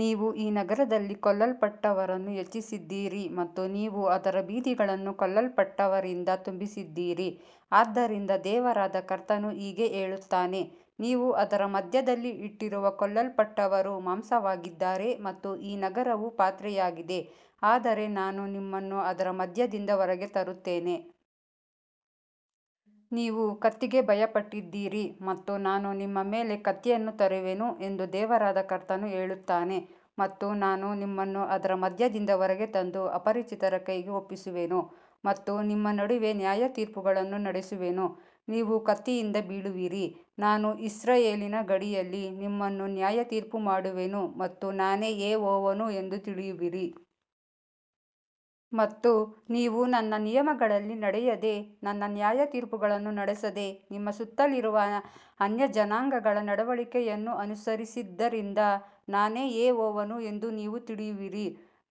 ನೀವು ಈ ನಗರದಲ್ಲಿ ಕೊಲ್ಲಲ್ಪಟ್ಟವರನ್ನು ಹೆಚ್ಚಿಸಿದ್ದೀರಿ ಮತ್ತು ನೀವು ಅದರ ಬೀದಿಗಳನ್ನು ಕೊಲ್ಲಲ್ಪಟ್ಟವರಿಂದ ತುಂಬಿಸಿದ್ದೀರಿ. ಆದ್ದರಿಂದ ದೇವರಾದ ಕರ್ತನು ಹೀಗೆ ಹೇಳುತ್ತಾನೆ, ನೀವು ಅದರ ಮಧ್ಯದಲ್ಲಿ ಇಟ್ಟಿರುವ ಕೊಲ್ಲಲ್ಪಟ್ಟವರು ಮಾಂಸವಾಗಿದ್ದಾರೆ ಮತ್ತು ಈ ನಗರವು ಪಾತ್ರೆಯಾಗಿದೆ, ಆದರೆ ನಾನು ನಿಮ್ಮನ್ನು ಅದರ ಮಧ್ಯದಿಂದ ಹೊರಗೆ ತರುತ್ತೇನೆ. ನೀವು ಕತ್ತಿಗೆ ಭಯಪಟ್ಟಿದ್ದೀರಿ ಮತ್ತು ನಾನು ನಿಮ್ಮ ಮೇಲೆ ಕತ್ತಿಯನ್ನು ತರುವೆನು ಎಂದು ದೇವರಾದ ಕರ್ತನು ಹೇಳುತ್ತಾನೆ. ಮತ್ತು ನಾನು ನಿಮ್ಮನ್ನು ಅದರ ಮಧ್ಯದಿಂದ ಹೊರಗೆ ತಂದು ಅಪರಿಚಿತರ ಕೈಗೆ ಒಪ್ಪಿಸುವೆನು ಮತ್ತು ನಿಮ್ಮ ನಡುವೆ ನ್ಯಾಯತೀರ್ಪುಗಳನ್ನು ನಡೆಸುವೆನು. ನೀವು ಕತ್ತಿಯಿಂದ ಬೀಳುವಿರಿ, ನಾನು ಇಸ್ರಾಯೇಲಿನ ಗಡಿಯಲ್ಲಿ ನಿಮ್ಮನ್ನು ನ್ಯಾಯತೀರ್ಪು ಮಾಡುವೆನು ಮತ್ತು ನಾನೇ ಯೆಹೋವನು ಎಂದು ತಿಳಿಯುವಿರಿ. ಮತ್ತು ನೀವು ನನ್ನ ನಿಯಮಗಳಲ್ಲಿ ನಡೆಯದೆ ನನ್ನ ನ್ಯಾಯತೀರ್ಪುಗಳನ್ನು ನಡೆಸದೆ ನಿಮ್ಮ ಸುತ್ತಲಿರುವ ಅನ್ಯಜನಾಂಗಗಳ ನಡವಳಿಕೆಯನ್ನು ಅನುಸರಿಸಿದ್ದರಿಂದ ನಾನೇ ಯೆಹೋವನು ಎಂದು ನೀವು ತಿಳಿಯುವಿರಿ.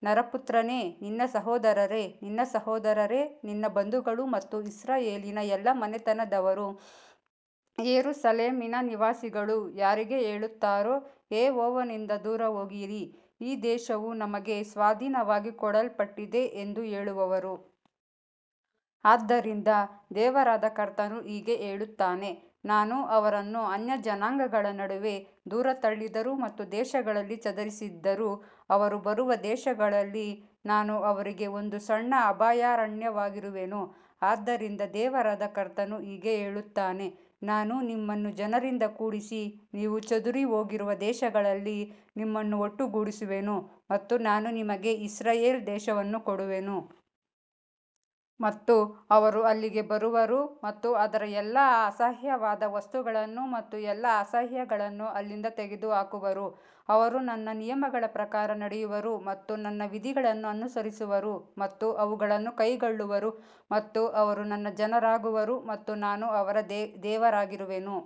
ನರಪುತ್ರನೇ, ನಿನ್ನ ಸಹೋದರರೇ, ನಿನ್ನ ಸಹೋದರರೇ, ನಿನ್ನ ಬಂಧುಗಳು ಮತ್ತು ಇಸ್ರಾಯೇಲಿನ ಎಲ್ಲಾ ಮನೆತನದವರೂ, ಯೆರೂಸಲೇಮಿನ ನಿವಾಸಿಗಳು ಯಾರಿಗೆ ಹೇಳುತ್ತಾರೋ, ಯೆಹೋವನಿಂದ ದೂರ ಹೋಗಿರಿ, ಈ ದೇಶವು ನಮಗೆ ಸ್ವಾಧೀನವಾಗಿ ಕೊಡಲ್ಪಟ್ಟಿದೆ ಎಂದು ಹೇಳುವವರು. ಆದ್ದರಿಂದ ದೇವರಾದ ಕರ್ತನು ಹೀಗೆ ಹೇಳುತ್ತಾನೆ, ನಾನು ಅವರನ್ನು ಅನ್ಯಜನಾಂಗಗಳ ನಡುವೆ ದೂರ ತಳ್ಳಿದರೂ ಮತ್ತು ದೇಶಗಳಲ್ಲಿ ಚದರಿಸಿದ್ದರೂ, ಅವರು ಬರುವ ದೇಶಗಳಲ್ಲಿ ನಾನು ಅವರಿಗೆ ಒಂದು ಸಣ್ಣ ಅಭಯಾರಣ್ಯವಾಗಿರುವೆನು. ಆದ್ದರಿಂದ ದೇವರಾದ ಕರ್ತನು ಹೀಗೆ ಹೇಳುತ್ತಾನೆ, ನಾನು ನಿಮ್ಮನ್ನು ಜನರಿಂದ ಕೂಡಿಸಿ ನೀವು ಚದುರಿಹೋಗಿರುವ ದೇಶಗಳಲ್ಲಿ ನಿಮ್ಮನ್ನು ಒಟ್ಟುಗೂಡಿಸುವೆನು ಮತ್ತು ನಾನು ನಿಮಗೆ ಇಸ್ರಾಯೇಲ್ ದೇಶವನ್ನು ಕೊಡುವೆನು. ಮತ್ತು ಅವರು ಅಲ್ಲಿಗೆ ಬರುವರು ಮತ್ತು ಅದರ ಎಲ್ಲಾ ಅಸಹ್ಯವಾದ ವಸ್ತುಗಳನ್ನು ಮತ್ತು ಎಲ್ಲಾ ಅಸಹ್ಯಗಳನ್ನು ಅಲ್ಲಿಂದ ತೆಗೆದುಹಾಕುವರು. ಅವರು ನನ್ನ ನಿಯಮಗಳ ಪ್ರಕಾರ ನಡೆಯುವರು ಮತ್ತು ನನ್ನ ವಿಧಿಗಳನ್ನು ಅನುಸರಿಸುವರು ಮತ್ತು ಅವುಗಳನ್ನು ಕೈಗೊಳ್ಳುವರು ಮತ್ತು ಅವರು ನನ್ನ ಜನರಾಗುವರು ಮತ್ತು ನಾನು ಅವರ ದೇವರಾಗಿರುವೆನು.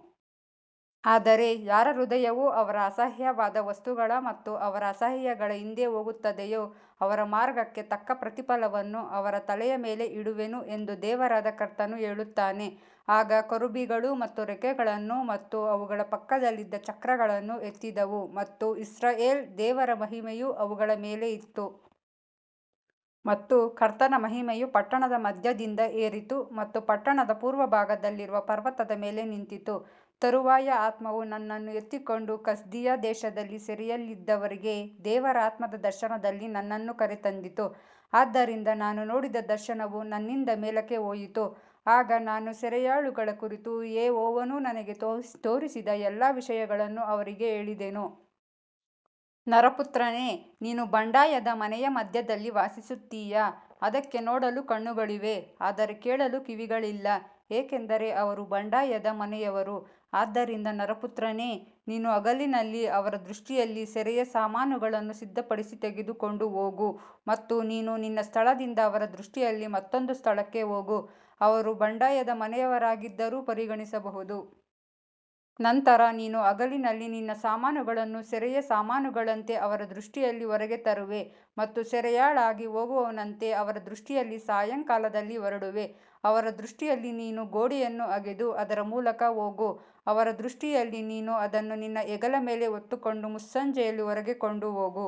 ಆದರೆ ಯಾರ ಹೃದಯವು ಅವರ ಅಸಹ್ಯವಾದ ವಸ್ತುಗಳ ಮತ್ತು ಅವರ ಅಸಹ್ಯಗಳ ಹಿಂದೆ ಹೋಗುತ್ತದೆಯೋ, ಅವರ ಮಾರ್ಗಕ್ಕೆ ತಕ್ಕ ಪ್ರತಿಫಲವನ್ನು ಅವರ ತಲೆಯ ಮೇಲೆ ಇಡುವೆನು ಎಂದು ದೇವರಾದ ಕರ್ತನು ಹೇಳುತ್ತಾನೆ. ಆಗ ಕೆರೂಬಿಗಳು ತಮ್ಮ ರೆಕ್ಕೆಗಳನ್ನು ಮತ್ತು ಅವುಗಳ ಪಕ್ಕದಲ್ಲಿದ್ದ ಚಕ್ರಗಳನ್ನು ಎತ್ತಿದವು ಮತ್ತು ಇಸ್ರಾಯೇಲ್ ದೇವರ ಮಹಿಮೆಯು ಅವುಗಳ ಮೇಲೆ ಇತ್ತು. ಮತ್ತು ಕರ್ತನ ಮಹಿಮೆಯು ಪಟ್ಟಣದ ಮಧ್ಯದಿಂದ ಏರಿತು ಮತ್ತು ಪಟ್ಟಣದ ಪೂರ್ವ ಭಾಗದಲ್ಲಿರುವ ಪರ್ವತದ ಮೇಲೆ ನಿಂತಿತು. ತರುವಾಯ ಆತ್ಮವು ನನ್ನನ್ನು ಎತ್ತಿಕೊಂಡು ಕಸ್ದೀಯ ದೇಶದಲ್ಲಿ ಸೆರೆಯಲ್ಲಿದ್ದವರಿಗೆ ದೇವರ ಆತ್ಮದ ದರ್ಶನದಲ್ಲಿ ನನ್ನನ್ನು ಕರೆತಂದಿತು. ಆದ್ದರಿಂದ ನಾನು ನೋಡಿದ ದರ್ಶನವು ನನ್ನಿಂದ ಮೇಲಕ್ಕೆ ಹೋಯಿತು. ಆಗ ನಾನು ಸೆರೆಯಾಳುಗಳ ಕುರಿತು ಯೆಹೋವನು ನನಗೆ ತೋರಿಸಿದ ಎಲ್ಲಾ ವಿಷಯಗಳನ್ನು ಅವರಿಗೆ ಹೇಳಿದೆನು. ನರಪುತ್ರನೇ, ನೀನು ಬಂಡಾಯದ ಮನೆಯ ಮಧ್ಯದಲ್ಲಿ ವಾಸಿಸುತ್ತೀಯಾ, ಅದಕ್ಕೆ ನೋಡಲು ಕಣ್ಣುಗಳಿವೆ ಆದರೆ ಕೇಳಲು ಕಿವಿಗಳಿಲ್ಲ, ಏಕೆಂದರೆ ಅವರು ಬಂಡಾಯದ ಮನೆಯವರು. ಆದ್ದರಿಂದ ನರಪುತ್ರನೇ, ನೀನು ಹಗಲಿನಲ್ಲಿ ಅವರ ದೃಷ್ಟಿಯಲ್ಲಿ ಸೆರೆಯ ಸಾಮಾನುಗಳನ್ನು ಸಿದ್ಧಪಡಿಸಿ ತೆಗೆದುಕೊಂಡು ಹೋಗು ಮತ್ತು ನೀನು ನಿನ್ನ ಸ್ಥಳದಿಂದ ಅವರ ದೃಷ್ಟಿಯಲ್ಲಿ ಮತ್ತೊಂದು ಸ್ಥಳಕ್ಕೆ ಹೋಗು, ಅವರು ಬಂಡಾಯದ ಮನೆಯವರಾಗಿದ್ದರೂ ಪರಿಗಣಿಸಬಹುದು. ನಂತರ ನೀನು ಹಗಲಿನಲ್ಲಿ ನಿನ್ನ ಸಾಮಾನುಗಳನ್ನು ಸೆರೆಯ ಸಾಮಾನುಗಳಂತೆ ಅವರ ದೃಷ್ಟಿಯಲ್ಲಿ ಹೊರಗೆ ತರುವೆ ಮತ್ತು ಸೆರೆಯಾಳಾಗಿ ಹೋಗುವವನಂತೆ ಅವರ ದೃಷ್ಟಿಯಲ್ಲಿ ಸಾಯಂಕಾಲದಲ್ಲಿ ಹೊರಡುವೆ. ಅವರ ದೃಷ್ಟಿಯಲ್ಲಿ ನೀನು ಗೋಡೆಯನ್ನು ಅಗೆದು ಅದರ ಮೂಲಕ ಹೋಗು. ಅವರ ದೃಷ್ಟಿಯಲ್ಲಿ ನೀನು ಅದನ್ನು ನಿನ್ನ ಹೆಗಲ ಮೇಲೆ ಹೊತ್ತುಕೊಂಡು ಮುಸ್ಸಂಜೆಯಲ್ಲಿ ಹೊರಗೆ ಕೊಂಡು ಹೋಗು.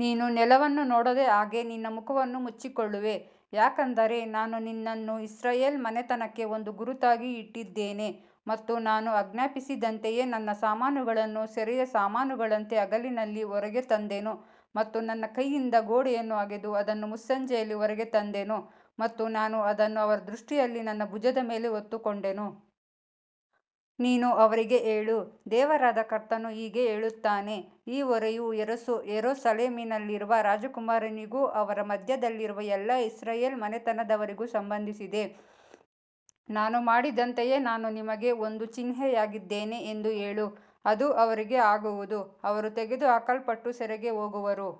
ನೀನು ನೆಲವನ್ನು ನೋಡದ ಹಾಗೆ ನಿನ್ನ ಮುಖವನ್ನು ಮುಚ್ಚಿಕೊಳ್ಳುವೆ, ಯಾಕಂದರೆ ನಾನು ನಿನ್ನನ್ನು ಇಸ್ರಾಯೇಲ್ ಮನೆತನಕ್ಕೆ ಒಂದು ಗುರುತಾಗಿ ಇಟ್ಟಿದ್ದೇನೆ. ಮತ್ತು ನಾನು ಆಜ್ಞಾಪಿಸಿದಂತೆಯೇ ನನ್ನ ಸಾಮಾನುಗಳನ್ನು ಸೆರೆಯ ಸಾಮಾನುಗಳಂತೆ ಹಗಲಿನಲ್ಲಿ ಹೊರಗೆ ತಂದೆನು ಮತ್ತು ನನ್ನ ಕೈಯಿಂದ ಗೋಡೆಯನ್ನು ಅಗೆದು ಅದನ್ನು ಮುಸ್ಸಂಜೆಯಲ್ಲಿ ಹೊರಗೆ ತಂದೆನು ಮತ್ತು ನಾನು ಅದನ್ನು ಅವರ ದೃಷ್ಟಿಯಲ್ಲಿ ನನ್ನ ಭುಜದ ಮೇಲೆ ಹೊತ್ತುಕೊಂಡೆನು. ನೀನು ಅವರಿಗೆ ಹೇಳು, ದೇವರಾದ ಕರ್ತನು ಹೀಗೆ ಹೇಳುತ್ತಾನೆ, ಈ ಹೊರೆಯು ಯೆರೂಸಲೇಮಿನಲ್ಲಿರುವ ರಾಜಕುಮಾರನಿಗೂ ಅವರ ಮಧ್ಯದಲ್ಲಿರುವ ಎಲ್ಲಾ ಇಸ್ರಾಯೇಲ್ ಮನೆತನದವರಿಗೂ ಸಂಬಂಧಿಸಿದೆ. ನಾನು ಮಾಡಿದಂತೆಯೇ ನಾನು ನಿಮಗೆ ಒಂದು ಚಿಹ್ನೆಯಾಗಿದ್ದೇನೆ ಎಂದು ಹೇಳು, ಅದು ಅವರಿಗೆ ಆಗುವುದು, ಅವರು ತೆಗೆದುಹಾಕಲ್ಪಟ್ಟು ಸೆರೆಗೆ ಹೋಗುವರು.